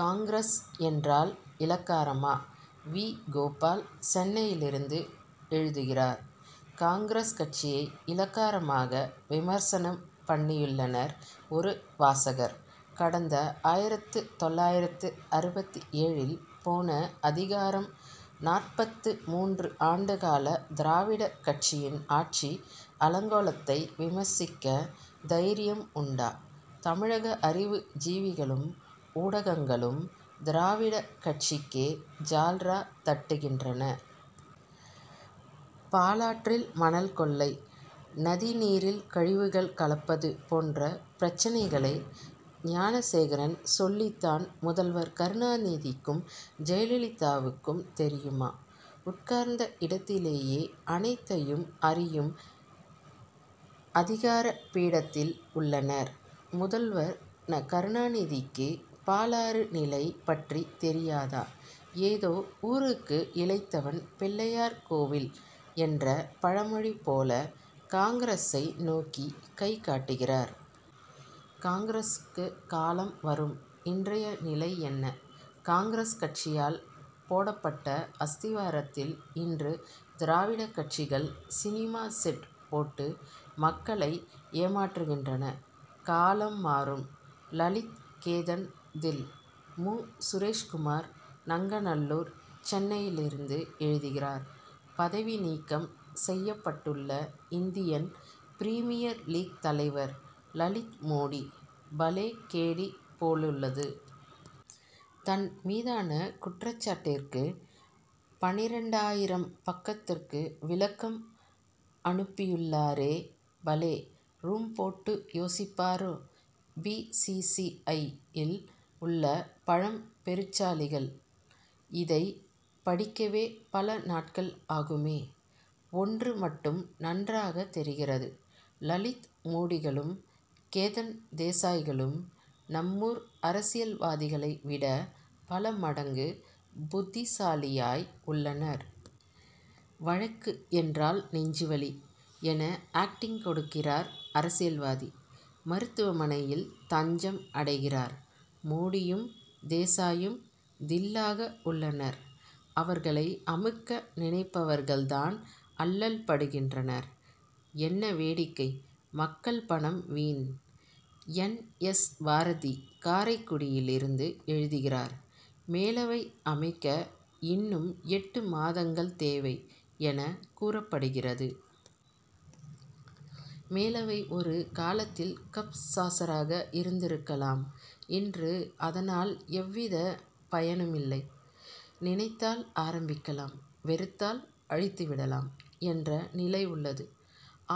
காங்கிரஸ் என்றால் இளக்காரமா? வி. கோபால், சென்னையிலிருந்து எழுதுகிறார் காங்கிரஸ் கட்சியை இளக்காரமாக, விமர்சனம் பண்ணியுள்ளனர் ஒரு வாசகர். கடந்த ஆயிரத்து தொள்ளாயிரத்து அறுபத்தேழில் போன அதிகாரம், நாற்பத்து மூன்று ஆண்டுகால திராவிட கட்சிகளின் ஆட்சி அலங்கோலத்தை விமர்சிக்க தைரியம் உண்டா? தமிழக அறிவு ஜீவிகளும், ஊடகங்களும், திராவிடக் கட்சிக்கே ஜால்ரா தட்டுகின்றன. பாலாற்றில் மணல் கொள்ளை, நதி நீரில் கழிவுகள் கலப்பது போன்ற பிரச்னைகளை ஞானசேகரன் சொல்லித் தான், முதல்வர் கருணாநிதிக்கும், ஜெயலலிதாவுக்கும் தெரியணுமா? உட்கார்ந்த இடத்திலேயே, அனைத்தையும் அறியும் அதிகார பீடத்தில் உள்ளனர். முதல்வர் கருணாநிதிக்கு, பாலாறு நிலை பற்றி தெரியாதா? ஏதோ ஊருக்கு இளைத்தவன் பிள்ளையார் கோவில் என்ற பழமொழி போல, காங்கிரசை நோக்கி கை காட்டுகிறார். காங்கிரசுக்கு காலம் வரும். இன்றைய நிலை என்ன? காங்கிரஸ் கட்சியால் போடப்பட்ட அஸ்திவாரத்தில், இன்று திராவிடக் கட்சிகள் சினிமா செட் போட்டு, மக்களை ஏமாற்றுகின்றனகாலம் மாறும். லலித், கேதன் தில்! மு. சுரேஷ்குமார், நங்கநல்லூர், சென்னையிலிருந்து எழுதுகிறார் பதவி நீக்கம் செய்யப்பட்டுள்ள இந்தியன் பிரிமியர் லீக் தலைவர் லலித் மோடி, பலே கேடி போலுள்ளது. தன் மீதான குற்றச்சாட்டுக்கு பன்னிரண்டாயிரம் பக்கத்திற்கு விளக்கம் அனுப்பியுள் ளாரே. பலேரூம் போட்டு யோசிப்பாரோ? பி. சி. சி. ஐ.யில் உள்ள பழம் பெருச்சாளிகள் இதைப் படிக்கவே பல நாட்கள் ஆகுமே. ஒன்று மட்டும் நன்றாகத் தெரிகிறது. லலித் மோடிகளும், கேதன் தேசாய்களும், நம்மூர் அரசியல்வாதிகளை விட, பல மடங்கு புத்திசாலியாய் உள்ளனர். வழக்கு என்றால் நெஞ்சு வலி என ஆக்டிங் கொடுக்கிறார் அரசியல்வாதி; மருத்துவமனையில் தஞ்சம் அடைகிறார். மோடியும், தேசாயும், தில்'லாக உள்ளனர். அவர் களை அமுக்க நினைப்பவர்கள் தான் அல்லல்படுகின்றனர். என்ன வேடிக்கை? மக்கள் பணம் வீண்! என். எஸ். பாரதி, காரைக்குடியிலிருந்து எழுதுகிறார் மேலவை அமைக்க இன் னும் எட்டு மாதங்கள் தேவை' என கூறப்படுகிறது. மேலவை ஒரு காலத் தில், கப் சாசராக இருந்திருக்கலாம். இன்று, அதனால் எவ்விதப் பயனுமில்லை. நினைத்தால் ஆரம்பிக்கலாம்; வெறுத்தால் அழித்து விடலாம் என்ற நிலை உள்ளது.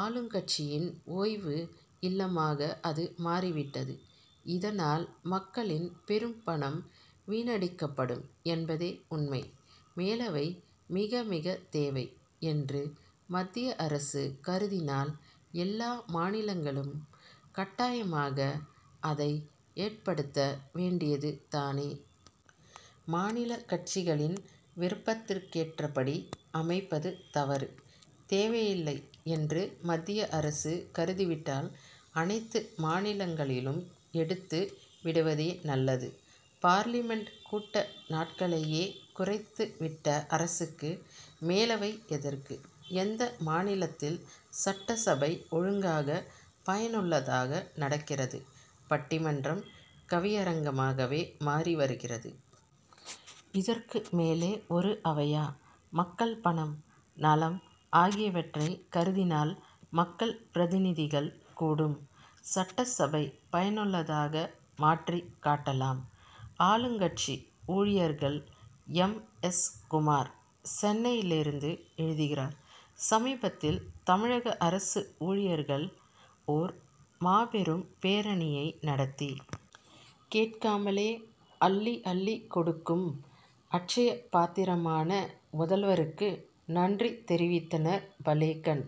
ஆளுங்கட்சியின் ஓய்வு இல்லமாக அது மாறிவிட்டது. இதனால், மக்களின் பெரும் பணம் வீணடிக் கப்படும் என்பதே உண்மை. மேலவை மிகமிகத் தேவை என்று மத்திய அரசு கருதினால், எல்லா மாநிலங்களிலும் கட்டாயமாக அதை ஏற்படுத்த வேண்டியது தானே. மாநிலக் கட்சிகளின் விருப்பதிற்கேற்றபடி அமைப்பது தவறு. தேவையில்லை என்று மத்திய அரசு கருதிவிட்டால், அனைத்து மாநிலங்களிலும் எடுத்து விடுவதே நல்லது. பார்லிமென்ட் கூட்ட நாட்களையே குறைத்துவிட்ட அரசுக்கு, மேலவை எதற்கு? எந்த மாநிலத்தில் சட்டசபை ஒழுங்காக, பயனுள்ளதாக நடக்கிறது? பட்டிமன் றம், கவியரங்கமாகவே மாறி வருகிறது. இதற்கு மேலே ஒரு அவையா? மக்கள் பணம், நலம் ஆகியவற்றைக் கருதினால், மக் கள் பிரதிநிதிகள் கூடும் சட்டசபையை பயனுள்ளதாக மாற் றிக் காட்டலாம். ஆளுங்கட்சி ஊழியர்கள்! எம். எஸ். குமார், சென்னையிலிருந்து எழுதுகிறார் சமீபத்தில் தமிழக அரசு ஊழியர்கள், ஓர் மாபெரும் பேரணியை நடத்தி, கேட்காமலே அள்ளி, அள்ளிக் கொடுக்கும் அட்சய பாத்திரமான முதல்வருக்கு நன்றி தெரிவித்தனர் பலேகண்